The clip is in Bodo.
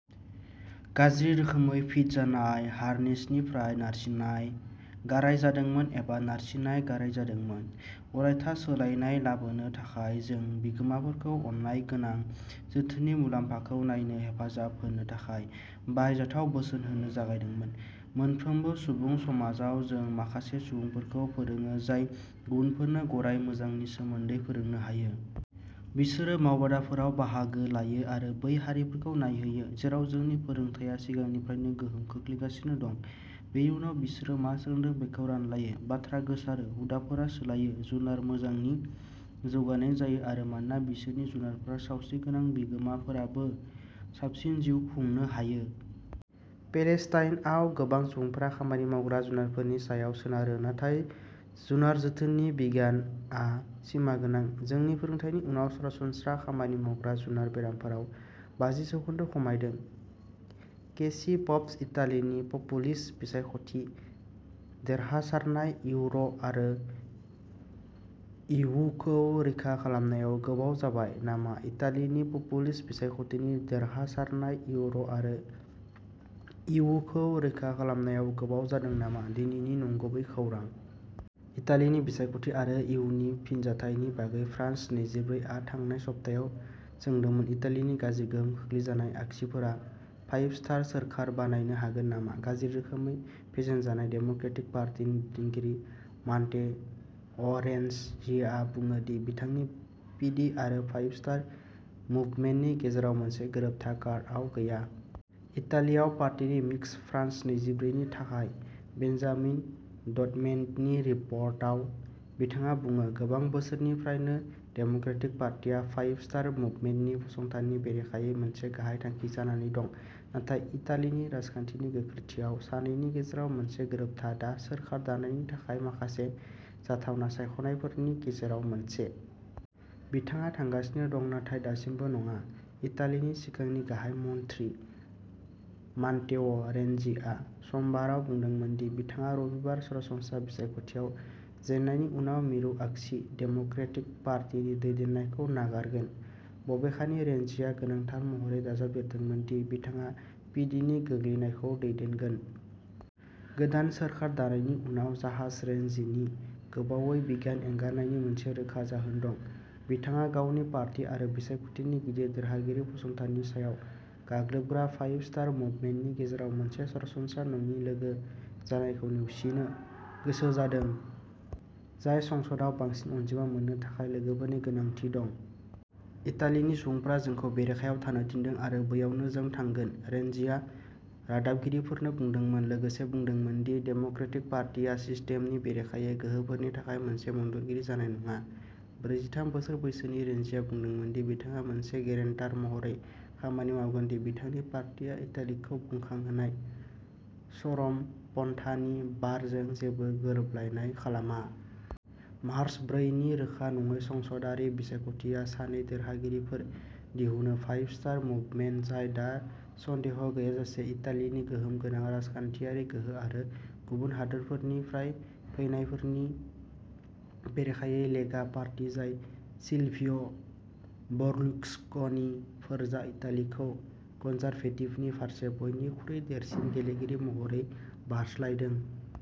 गाज्रि रोखोमै फिट जानाय हार्नेसनिफ्राय नारसिननाय गाराय जादोंमोन एबा नारसिननाय गाराय जादोंमोन। अरायथा सोलायनाय लाबोनो थाखाय जों बिगोमाफोरखौ अननाय गोनां जोथोननि मुलाम्फाखौ नायनो हेफाजाब होनो थाखाय बाहायजाथाव बोसोन होनो जागायदोंमोन। मोनफ्रोमबो सुबुं समाजाव जों माखासे सुबुंफोरखौ फोरोंङो जाय गुबुनफोरनो गराय मोजांनि सोमोन्दै फोरोंनो हायो। बिसोरो मावबादाफोराव बाहागो लायो आरो बै हारिफोरखौ नायहैयो जेराव जोंनि फोरोंथाया सिगांनिफ्रायनो गोहोम खोख्लैगासिनो दं। बेनि उनाव बिसोरो मा सोलोंदों बेखौ रानलायो। बाथ्रा गोसारो हुदाफोरा सोलायो। जुनार मोजांनि जौगानाय जायो आरो मानोना बिसोरनि जुनारफोरा सावस्रिगोनां बिगोमाफोराबो साबसिन जिउ खुंनो हायो। पेलेस्टाइनआव गोबां सुबुंफोरा खामानि मावग्रा जुनारफोरनि सायाव सोनारो नाथाय जुनार जोथोननि बिगियानआ सिमागोनां। जोंनि फोरोंथायनि उनाव सरासनस्रा खामानि मावग्रा जुनार बेरामफोराव बाजि जौखोन्दो खमायदों। केसि पप्स इटालिनि पपुलिस्ट बिसायख'थि देरहासारनाय इउर' आरो इयुखौ रैखा खालामनायाव गोबाव जाबाय नामा इटालिनि पपुलिस्ट बिसायख'थि देरहासारनाय इउर'आरो इयुखौ रैखा खालामनायाव गोबाव जादों नामा दिनैनि नंगुबै खौरां। इटालीनि बिसायख'थि आरो इयुनि फिनजाथायनि बागै फ्रान्स नैजिब्रै आ थांनाय सप्तायाव सोंदोंमोन इटालीनि गाज्रि गोहोम खोख्लैजानाय आगसिफोरा'फाइभ स्टार'सोरखार बानायनो हागोन नामा गाज्रि रोखोमै फेजेनजानाय डेम'क्रेटिक पार्टिनि दैदेनगिरि मान्ते अरेनजीआ बुङो दि बिथांनि पिडि आरो फाइभ स्टार मुभमेन्टनि गेजेराव मोनसे गोरोबथा कार्डआव गैया। इटालीयाव पार्टिनि मिक्स। फ्रान्स नैजिब्रै नि थाखाय बेन्जामिन डडमेननि रिपर्टाव बिथाङा बुङो गोबां बोसोरफोरनिफ्राय डेम'क्रेटिक पार्टिआ फाइभ स्टार मुभमेन्टनि फसंथाननि बेरेखायै मोनसे गाहाय थांखि जानानै दं। नाथाय इटालीनि राजखान्थिनि गोख्रैथिआव सानैनि गेजेराव मोनसे गोरोबथा दा सोरखार दानायनि थाखाय माखासे जाथावना सायख'नायफोरनि गेजेराव मोनसे। बिथाङा थांगासिनो दं नाथाय दासिमबो नङा। इटालीनि सिगांनि गाहाय मन्थ्रि मान्तेअ रेनजीआ समबारआव बुंदोंमोन दि बिथाङा रबिबार सरासनस्रा बिसायख'थियाव जेननायनि उनाव मिरु आगसि डेम'क्रेटिक पार्टी नि दैदेननायखौ नागारगोन। बबेखानि रेनजीआ गोनांथार महरै दाजाबदेरदोंमोन दि बिथाङा पिडिनि गोग्लैनायखौ दैदेनगोन। गोदान सोरखार दानायनि उनाव जाहाज रेनजिनि गोबावै बिगियान एंगारनायनि मोनसे रोखा जाहोन दं। बिथाङा गावनि पार्टी आरो बिसायख'थिनि गिदिर देरहागिरि फसंथाननि सायाव गाग्लोबग्रा फाइभ स्टार मुभमेन्टनि गेजेराव मोनसे सरासनस्रा नङि लोगो जानायखौ नेवसिनो गोसो जादों जाय संसदआव बांसिन अनजिमा मोननो थाखाय लोगोफोरनि गोनांथि दं। इटालिनि सुबुंफोरा जोंखौ बेरेखायाव थानो थिनदों आरो बैयावनो जों थांगोन रेनजिया रादाबगिरिफोरनो बुंदोंमोन लोगोसे बुंदोंमोन दि डेम'क्रेटिक पार्टीआ सिस्टेमनि बेरेखायै गोहोफोरनि थाखाय मोनसे मददगिरि जानाय नङा। ब्रैजिथाम बोसोर बैसोनि रेनजिया बुंदोंमोन दि बिथाङा मोनसे गेरेन्टार महरै खामानि मावगोन दि बिथांनि पार्टीया इटालिखौ बुखांहोनाय चरमपन्थानि बारजों जेबो गोरोबलायनाय खालामा। मार्च ब्रै नि रोखा नङै संसदारि बिसायख'थिया सानै देरहागिरिफोर दिहुनो फाइभ स्टार मुभमेन्ट जाय दा सन्देह गैयाजासे इटालिनि गोहोम गोनां राजखान्थियारि गोहो आरो गुबुन हादोरनिफ्राय फैनायफोरनि बेरेखायै लेगा पार्टी जाय सिलभिय बर्लुस्क'नि फोरजा इटालिखौ कन्जारभेटिभनि फारसे बयनिख्रुइ देरसिन गेलेगिरि महरै बारस्लायदों।